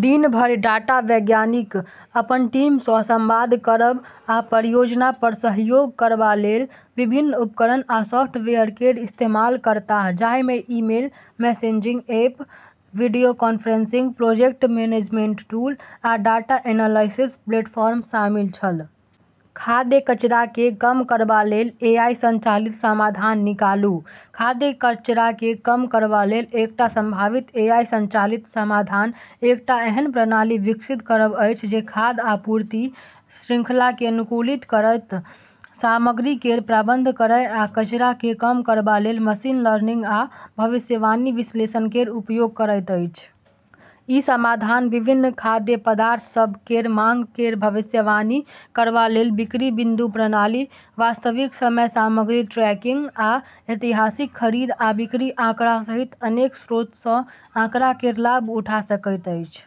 दिन भरि डाटा वैज्ञानिक अपन टीम सँ संवाद करब आ परियोजना पर सहयोग करबा लेल विभिन्न उपकरण आ सॉफ्टवेयर केर इस्तेमाल करताह, जाहि मे email, messaging app, video conferencing, project management tool, आ डाटा एनालिसिस प्लेटफॉर्म शामिल छल। खाद्य कचरा केँ कम करबा लेल एआई संचालित समाधान निकालू। खाद्य कचरा केँ कम करबा लेल एकटा सम्भावित एआई संचालित समाधान एकटा एहन प्रणाली विकसित करब अछि जे खाद्य आपूर्ति श्रृंखला केँ अनुकूलित करय, सामग्री केर प्रबंधन करय आ कचरा केँ कम करबा लेल मशीन लर्निंग आ भविष्यवाणी विश्लेषण केर उपयोग करैत अछि। ई समाधान विभिन्न खाद्य पदार्थ सभ केर माँग केर भविष्यवाणी करबा लेल बिक्री बिंदु प्रणाली, वास्तविक समय सामग्री ट्रैकिंग, आ ऐतिहासिक खरीद आ बिक्री आँकड़ा सहित अनेक स्रोत सँ आँकड़ा केर लाभ उठा सकैत अछि।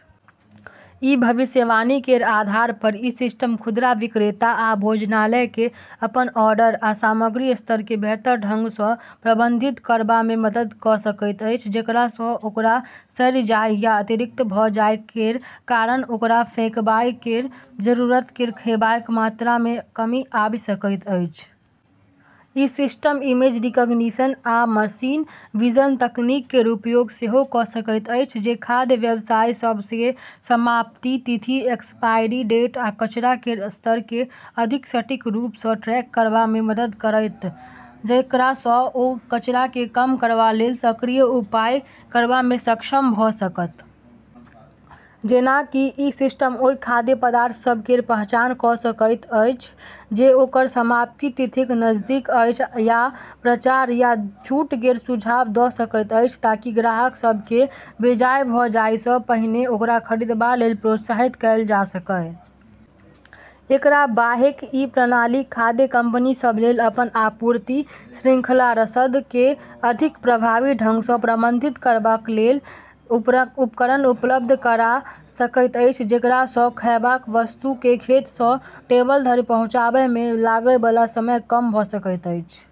ई भविष्यवाणी केर आधार पर ई सिस्टम खुदरा विक्रेता आ भोजनालय केँ अपन ऑर्डर आ सामग्री स्तर केँ बेहतर ढंग सँ प्रबंधित करबा मे मदद कऽ सकैत अछि, जेकरा सँ ओकरा सड़ि जाय या अतिरिक्त भऽ जाय केर कारण ओकरा फेंकबाय केर जरूरत केर खैबाक मात्रा मे कमी आबि सकैत अछि। ई सिस्टम इमेज रिकग्निशन आ मशीन विजन तकनीक केर उपयोग सेहो कऽ सकैत अछि, जे खाद्य व्यवसाय सभ केँ समाप्ति तिथि एक्सपायरी डेट आ कचरा केर स्तर केँ अधिक सटीक रूप सँ ट्रैक करबा मे मदद करतैक, जेकरा सँ ओ कचरा केँ कम करबा लेल सक्रिय उपाय करबा मे सक्षम भऽ सकत। जेना कि ई सिस्टम ओहि खाद्य पदार्थ सभ केर पहचान कऽ सकैत अछि जे ओकर समाप्ति तिथिक नजदीक अछि आ प्रचार या छूट केर सुझाव दऽ सकैत अछि ताकि ग्राहक सभ केँ बेजाय भऽ जाय सँ पहिने ओकरा खरीदबा लेल प्रोत्साहित कएल जा सकय। एकरा बाहेक ई प्रणाली खाद्य कंपनी सभ लेल अपन आपूर्ति श्रृंखला रसद केँ अधिक प्रभावी ढंग सँ प्रबंधित करबा लेल उपकरण उपलब्ध करा सकैत अछि, जेकरा सँ खैबाक वस्तु केँ खेत सँ टेबल धरि पहुँचबाय मे लागै बला समय कम भऽ सकैत अछि।